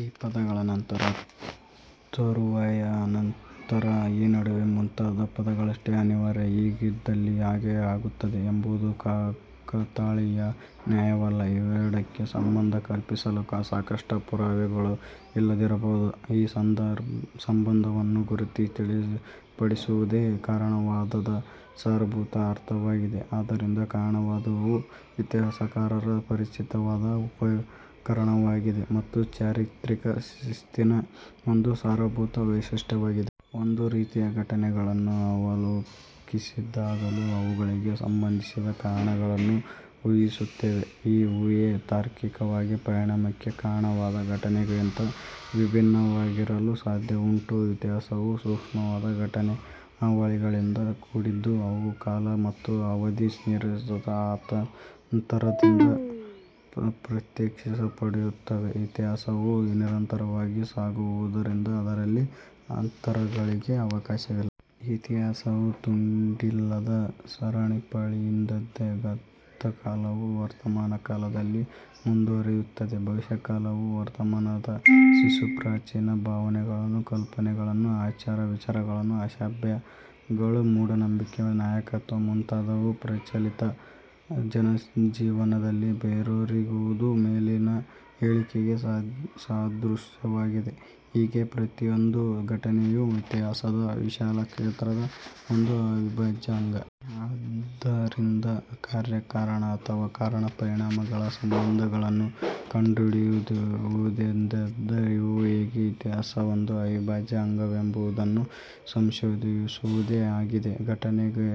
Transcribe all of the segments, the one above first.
ಈ ಪದಗಳು ನಂತರ, ತರುವಾಯ, ಅನಂತರ, ಈ ನಡುವೆ, ಮುಂತಾದ ಪದಗಳಷ್ಟೇ ಅನಿವಾರ್ಯ. ಹೀಗಿದ್ದಲ್ಲಿ ಹಾಗೆ ಆಗುತ್ತದೆ ಎಂಬುದು ಕಾಕತಾಳೀಯ ನ್ಯಾಯವಲ್ಲ. ಇವೆರಡಕ್ಕೆ ಸಂಬಂಧ ಕಲ್ಪಿಸಲು ಸಾಕಷ್ಟು ಪುರಾವೆಗಳು ಇಲ್ಲದಿರಬಹುದು. ಈ ಸಂಬಂಧವನ್ನು ಗುರುತಿಸಿ ತಿಳಿಯಪಡಿಸುವುದೇ ಕಾರಣತಾವಾದದ ಸಾರಭೂತ ಅರ್ಥವಾಗಿದೆ. ಆದ್ದರಿಂದ ಕಾರಣವಾದವು ಇತಿಹಾಸಕಾರರ ಪರಿಚಿತವಾದ ಉಪಕರಣವಾಗಿದೆ ಮತ್ತು ಚಾರಿತ್ರಿಕ ಶಿಸ್ತಿನ ಒಂದು ಸಾರಭೂತ ವೈಶಿಷ್ಟ್ಯವಾಗಿದೆ. ಒಂದು ರೀತಿಯ ಘಟನೆಗಳನ್ನು ಅವಲೋಕಿಸಿದಾಗಲೂ ಅವುಗಳಿಗೆ ಸಂಬಂಧಿಸಿದ ಕಾರಣಗಳನ್ನು ಊಹಿಸುತ್ತೇವೆ. ಈ ಊಹೆ ತಾರ್ಕಿಕವಾಗಿ ಪರಿಣಾಮಕ್ಕೆ ಕಾರಣವಾದ ಘಟನೆಗಿಂತ ವಿಭಿನ್ನವಾಗಿರಲು ಸಾಧ್ಯವುಂಟು. ಇತಿಹಾಸವು ಸೂಕ್ಷ್ಮವಾದ ಘಟನಾವಳಿಗಳಿಂದ ಕೂಡಿದ್ದು, ಅವು ಕಾಲ ಮತ್ತು ಅವಧಿಯ ನಿರರ್ಥಕ ಅಂತರದಿಂದ ಪ್ರತ್ಯೇಕಿಸಲ್ಪಟ್ಟಿರುತ್ತವೆ. ಇತಿಹಾಸವು ನಿರಂತರವಾಗಿ ಸಾಗುವುದರಿಂದ ಅದರಲ್ಲಿ ಅಂತರಗಳಿಗೆ ಅವಕಾಶವಿಲ್ಲ. ಇತಿಹಾಸವು ತುಂಡಿಲ್ಲದ ಸರಪಣಿಯಿದ್ದಂತೆ. ಗತಕಾಲವು ವರ್ತಮಾನ ಕಾಲದಲ್ಲಿ ಮುಂದುವರಿಯುತ್ತದೆ. ಭವಿಷ್ಯಕಾಲವು ವರ್ತಮಾನದ ಶಿಶು. ಪ್ರಾಚೀನ ಭಾವನೆಗಳು, ಕಲ್ಪನೆಗಳು, ಆಚಾರ ವಿಚಾರಗಳು, ಅಭ್ಯಾಸಗಳು, ಮೂಢನಂಬಿಕೆಗಳು, ನಾಯತ್ವ ಮುಂತಾದುವು ಪ್ರಚಲಿತ ಜನಜೀವನದಲ್ಲಿ ಬೇರೂರಿರುವುದು ಮೇಲಿನ ಹೇಳಿಕೆಗೆ ಸಾದೃಶ್ಯವಾಗಿದೆ. ಹೀಗೆ ಪ್ರತಿಯೊಂದು ಘಟನೆಯೂ ಇತಿಹಾಸದ ವಿಶಾಲ ಕ್ಷೇತ್ರದ ಒಂದು ಅವಿಭಾಜ್ಯ ಅಂಗ. ಆದ್ದರಿಂದ ಕಾರ್ಯ ಕಾರಣ ಅಥವಾ ಕಾರಣ ಪರಿಣಾಮಗಳ ಸಂಬಂಧಗಳನ್ನು ಕಂಡುಹಿಡಿಯುವುದೆಂದರೆ ಇವು ಹೇಗೆ ಇತಿಹಾಸದ ಒಂದು ಅವಿಭಾಜ್ಯ ಅಂಗವೆಂಬುದನ್ನು ಸಂಶೋಧಿಸುವುದೇ ಆಗಿದೆ. ಘಟನೆಗೆ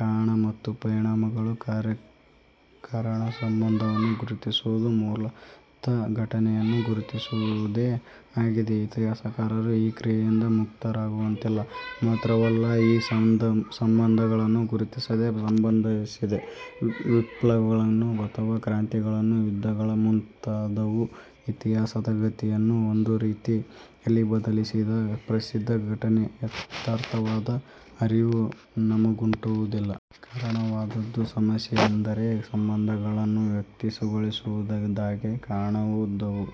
ಕಾರಣ ಮತ್ತು ಪರಿಣಾಮಗಳ ಕಾರ್ಯಕಾರಣ ಸಂಬಂಧವನ್ನು ಗುರುತಿಸುವುದು ಮೂಲತಃ ಘಟನೆಯನ್ನು ಗುರುತಿಸುವುದೇ ಆಗಿದೆ. ಇತಿಹಾಸಕಾರರು ಈ ಕ್ರಿಯೆಯಿಂದ ಮುಕ್ತರಾಗುವಂತಿಲ್ಲ. ಮಾತ್ರವಲ್ಲ, ಈ ಸಂಬಂಧಗಳನ್ನು ಗುರುತಿಸದೆ ಸಂಭವಿಸಿದ ವಿಪ್ಲವಗಳು ಅಥವಾ ಕ್ರಾಂತಿಗಳು, ಯುದ್ಧಗಳು ಮುಂತಾದುವು ಇತಿಹಾಸದ ಗತಿಯನ್ನು ಒಂದು ರೀತಿಯಲ್ಲಿ ಬದಲಿಸಿದ ಪ್ರಸಿದ್ಧ ಘಟನೆಗಳ ಯಥಾರ್ಥವಾದ ಅರಿವು ನಮಗುಂಟಾಗುವುದಿಲ್ಲ. ಕಾರಣವಾದದ ಸಮಸ್ಯೆಯೆಂದರೆ ಸಂಬಂಧಗಳನ್ನು ವ್ಯಕ್ತಿಶಃಗೊಳಿಸುವುದಾಗಿದೆ. ಕಾರಣವಾದವು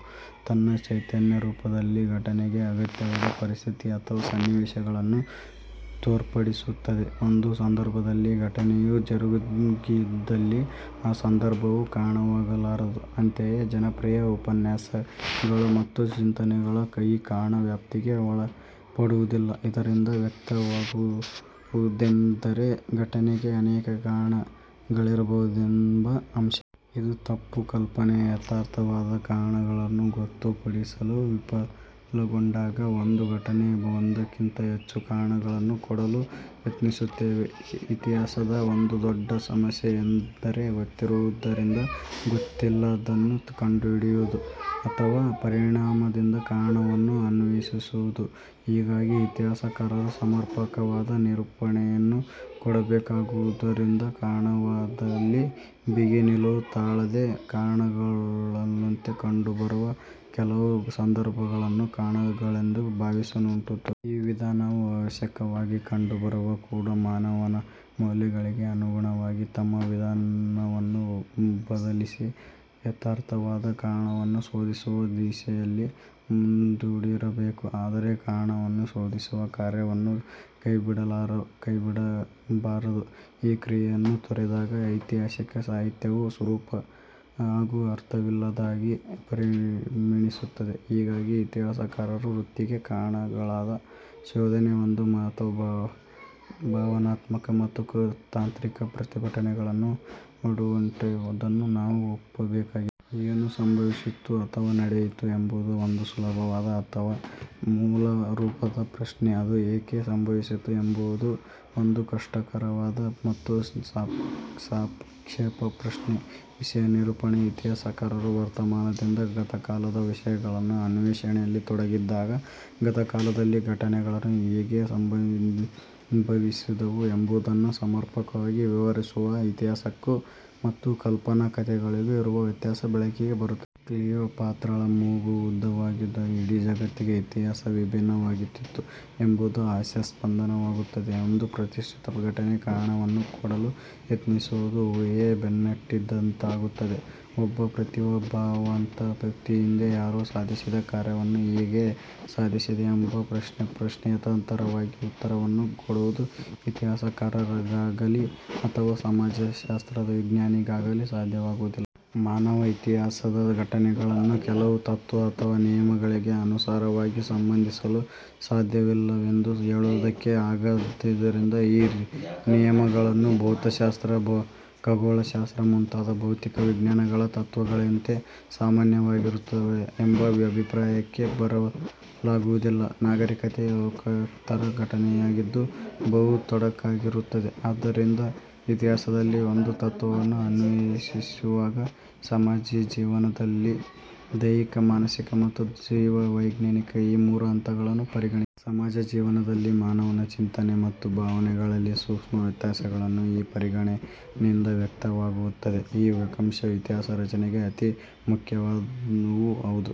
ತನ್ನ ಚೈತನ್ಯರೂಪದಲ್ಲಿ ಘಟನೆಗೆ ಅಗತ್ಯವಾದ ಪರಿಸ್ಥಿತಿ ಅಥವಾ ಸನ್ನಿವೇಶಗಳನ್ನು ತೋರ್ಪಡಿಸುತ್ತದೆ. ಒಂದು ಸಂದರ್ಭದಿಂದ ಘಟನೆಯು ಜರುಗಿದ್ದಲ್ಲಿ, ಆ ಸಂದರ್ಭವು ಕಾರಣವಾಗಲಾರದು. ಅಂತೆಯೇ, ಜನಪ್ರಿಯ ಉಪನ್ಯಾಸಗಳು ಮತ್ತು ಚಿಂತನೆಗಳು ಈ ಕಾರಣದ ವ್ಯಾಪ್ತಿಗೆ ಒಳಪಡುವುದಿಲ್ಲ. ಇದರಿಂದ ವ್ಯಕ್ತವಾಗುವುದೆಂದರೆ ಘಟನೆಗೆ ಅನೇಕ ಕಾರಣಗಳಿರಬಹುದೆಂಬ ಅಂಶ. ಇದು ತಪ್ಪು ಕಲ್ಪನೆ, ಯಥಾರ್ಥವಾದ ಕಾರಣಗಳನ್ನು ಗೊತ್ತುಪಡಿಸಲು ವಿಫಲಗೊಂಡಾಗ ಒಂದು ಘಟನೆಗೆ ಒಂದಕ್ಕಿಂತ ಹೆಚ್ಚು ಕಾರಣಗಳನ್ನು ಕೊಡಲು ಯತ್ನಿಸುತ್ತೇವೆ. ಇತಿಹಾಸದ ಒಂದು ದೊಡ್ಡ ಸಮಸ್ಯೆ ಎಂದರೆ ಗೊತ್ತಿರುವುದರಿಂದ ಗೊತ್ತಿಲ್ಲದ್ದನ್ನು ಕಂಡುಹಿಡಿಯುವುದು ಅಥವ ಪರಿಣಾಮದಿಂದ ಕಾರಣವನ್ನು ಅನ್ವೇಷಿಸುವುದ. ಹೀಗಾಗಿ ಇತಿಹಾಸಕಾರರು ಸಮರ್ಪಕವಾದ ನಿರೂಪಣೆಯನ್ನು ಕೊಡಬೇಕಾಗಿರುವುದರಿಂದ ಕಾರಣವಾದದಲ್ಲಿ ಬಿಗಿ ನಿಲುವು ತಾಳದೆ ಕಾರಣಗಳುಳ್ಳಂತೆ ಕಂಡುಬರುವ ಕೆಲವು ಸಂದರ್ಭಗಳನ್ನು ಕಾರಣಗಳೆಂದೇ ಭಾವಿಸುವುದುಂಟು. ಈ ವಿಧಾನವು ಅವಶ್ಯಕವಾಗಿ ಕಂಡುಬಂದರೂ ಕೂಡ ಮಾನವನ ಮೌಲ್ಯಗಳಿಗೆ ಅನುಗುಣವಾಗಿ ತಮ್ಮ ವಿಧಾನವನ್ನು ಬದಲಿಸಿ ಯಥಾರ್ಥವಾದ ಕಾರಣವನ್ನು ಶೋಧಿಸುವ ದಿಸೆಯಲ್ಲಿ ಮುಂದಡಿಯಿಡಬೇಕು. ಆದರೆ ಕಾರಣವನ್ನು ಶೋಧಿಸುವ ಕಾರ್ಯವನ್ನು ಕೈಬಿಡಬಾರದು. ಈ ಕ್ರಿಯೆಯನ್ನು ತೊರೆದಾಗ ಐತಿಹಾಸಿಕ ಸಾಹಿತ್ಯವು ರೂಪ ಹಾಗೂ ಅರ್ಥವಿಲ್ಲದ್ದಾಗಿ ಪರಿಣಮಿಸುತ್ತದೆ. ಹೀಗಾಗಿ, ಇತಿಹಾಸಕಾರರ ವೃತ್ತಿಗೆ ಕಾರಣದ ಶೋಧನೆ ಒಂದು ಮಹತ್ವದ ಭಾವನಾತ್ಮಕ ಮತ್ತು ತಾಂತ್ರಿಕ ಪ್ರತಿಭಟನೆಗಳನ್ನು ಒಡ್ಡುತ್ತವೆಂಬುದನ್ನು ನಾವು ಒಪ್ಪಬೇಕಾಗಿದೆ. ಏನು ಸಂಭವಿಸಿತು ಅಥವಾ ನಡೆಯಿತು ಎಂಬುದು ಒಂದು ಸುಲಭವಾದ ಅಥವಾ ಮೂಲರೂಪದ ಪ್ರಶ್ನೆ. ಅದು ಏಕೆ ಸಂಭವಿಸಿತು ಎಂಬುದು ಒಂದು ಕಷ್ಟಕರವಾದ ಮತ್ತು ಸಾಕ್ಷೇಪ ಪ್ರಶ್ನೆ. ವಿಷಯ ನಿರೂಪಣೆಗೆ ಇತಿಹಾಸಕಾರರು ವರ್ತಮಾನದಿಂದ ಗತಕಾಲದ ವಿಷಯಗಳ ಅನ್ವೇಷಣೆಯಲ್ಲಿ ತೊಡಗಿದಾಗ, ಗತಕಾಲದಲ್ಲಿ ಘಟನೆಗಳು ಹೇಗೆ ಸಂಭವಿಸಿದವು ಎಂಬುದನ್ನು ಸಮರ್ಪಕವಾಗಿ ವಿವರಿಸುವಾಗ ಇತಿಹಾಸಕ್ಕೂ ಮತ್ತು ಕಲ್ಪನಾ ಕಥೆಗಳಿಗೂ ಇರುವ ವ್ಯತ್ಯಾಸ ಬೆಳಕಿಗೆ ಬರುತ್ತದೆ. ಕ್ಲೀಯೋಪಾತ್ರಾಳ ಮೂಗು ಉದ್ದವಾಗಿದ್ದರೆ ಇಡೀ ಜಗತ್ತಿನ ಇತಿಹಾಸ ವಿಭಿನ್ನವಾಗಿರುತ್ತಿತ್ತು ಎಂಬುದು ಹಾಸ್ಯಾಸ್ಪದವಾಗುತ್ತದೆ. ಒಂದು ಪ್ರತಿಷ್ಠಿತ ಘಟನೆಗೆ ಕಾರಣವನ್ನು ಕೊಡಲು ಯತ್ನಿಸುವುದು ಊಹೆಯ ಬೆನ್ನಟ್ಟಿದಂತಾಗುತ್ತದೆ. ಒಬ್ಬ ಪ್ರತಿಭಾವಂತ ವ್ಯಕ್ತಿ ಹಿಂದೆ ಯಾರೋ ಸಾಧಿಸಿದ ಕಾರ್ಯವನ್ನು ಹೇಗೆ ಸಾಧಿಸಿದ ಎಂಬ ಪ್ರಶ್ನೆಗೆ ಯಥಾರ್ಥವಾದ ಉತ್ತರವನ್ನು ಕೊಡುವುದು ಇತಿಹಾಸಕಾರರಿಗಾಗಲಿ ಅಥವ ಸಮಾಜಶಾಸ್ತ್ರ ವಿಜ್ಞಾನಿಗಾಗಲಿ ಸಾಧ್ಯವಾಗುವುದಿಲ್ಲ. ಮಾನವ ಇತಿಹಾಸದ ಘಟನೆಗಳನ್ನು ಕೆಲವು ತತ್ವ ಅಥವಾ ನಿಯಮಗಳಿಗೆ ಅನುಸಾರವಾಗಿ ಸಂಬಂಧಿಸಲು ಸಾಧ್ಯವಿಲ್ಲವೆಂದು ಹೇಳುವುದಕ್ಕೆ ಆಗದಿದ್ದರೂ, ಈ ನಿಯಮಗಳು ಭೌತಶಾಸ್ತ್ರ, ಖಗೋಳಶಾಸ್ತ್ರ ಮುಂತಾದ ಭೌತಿಕ ವಿಜ್ಞಾನಗಳ ತತ್ವಗಳಂತೆ ಸಾಮಾನ್ಯವಾಗಿರುತ್ತವೆ ಎಂಬ ಅಭಿಪ್ರಾಯಕ್ಕೆ ಬರಲಾಗುವುದಿಲ್ಲ. ನಾಗರಿಕತೆ ಲೋಕೋತ್ತರ ಘಟನೆಯಾಗಿದ್ದು ಬಹು ತೊಡಕಾಗಿರುತ್ತದೆ. ಆದ್ದರಿಂದ ಇತಿಹಾಸದಲ್ಲಿ ಒಂದು ತತ್ವವನ್ನು ಅನ್ವೇಷಿಸುವಾಗ ಸಮಾಜ ಜೀವನದಲ್ಲಿನ ದೈಹಿಕ, ಮಾನಸಿಕ ಮತ್ತು ಜೀವ ವೈಜ್ಞಾನಿಕ ಈ ಮೂರು ಹಂತಗಳನ್ನೂ ಪರಿಗಣಿಸಬೇಕು. ಸಮಾಜ ಜೀವನದಲ್ಲಿ ಮಾನವನ ಚಿಂತನೆ ಮತ್ತು ಭಾವನೆಗಳಲ್ಲಿ ಸೂಕ್ಷ್ಮ ವ್ಯತ್ಯಾಸಗಳು ಈ ಪರಿಗಣನೆಯಿಂದ ವ್ಯಕ್ತವಾಗುತ್ತವೆ. ಈ ಅಂಶಗಳು ಇತಿಹಾಸ ರಚನೆಗೆ ಅತಿ ಮುಖ್ಯವೂ ಹೌದು.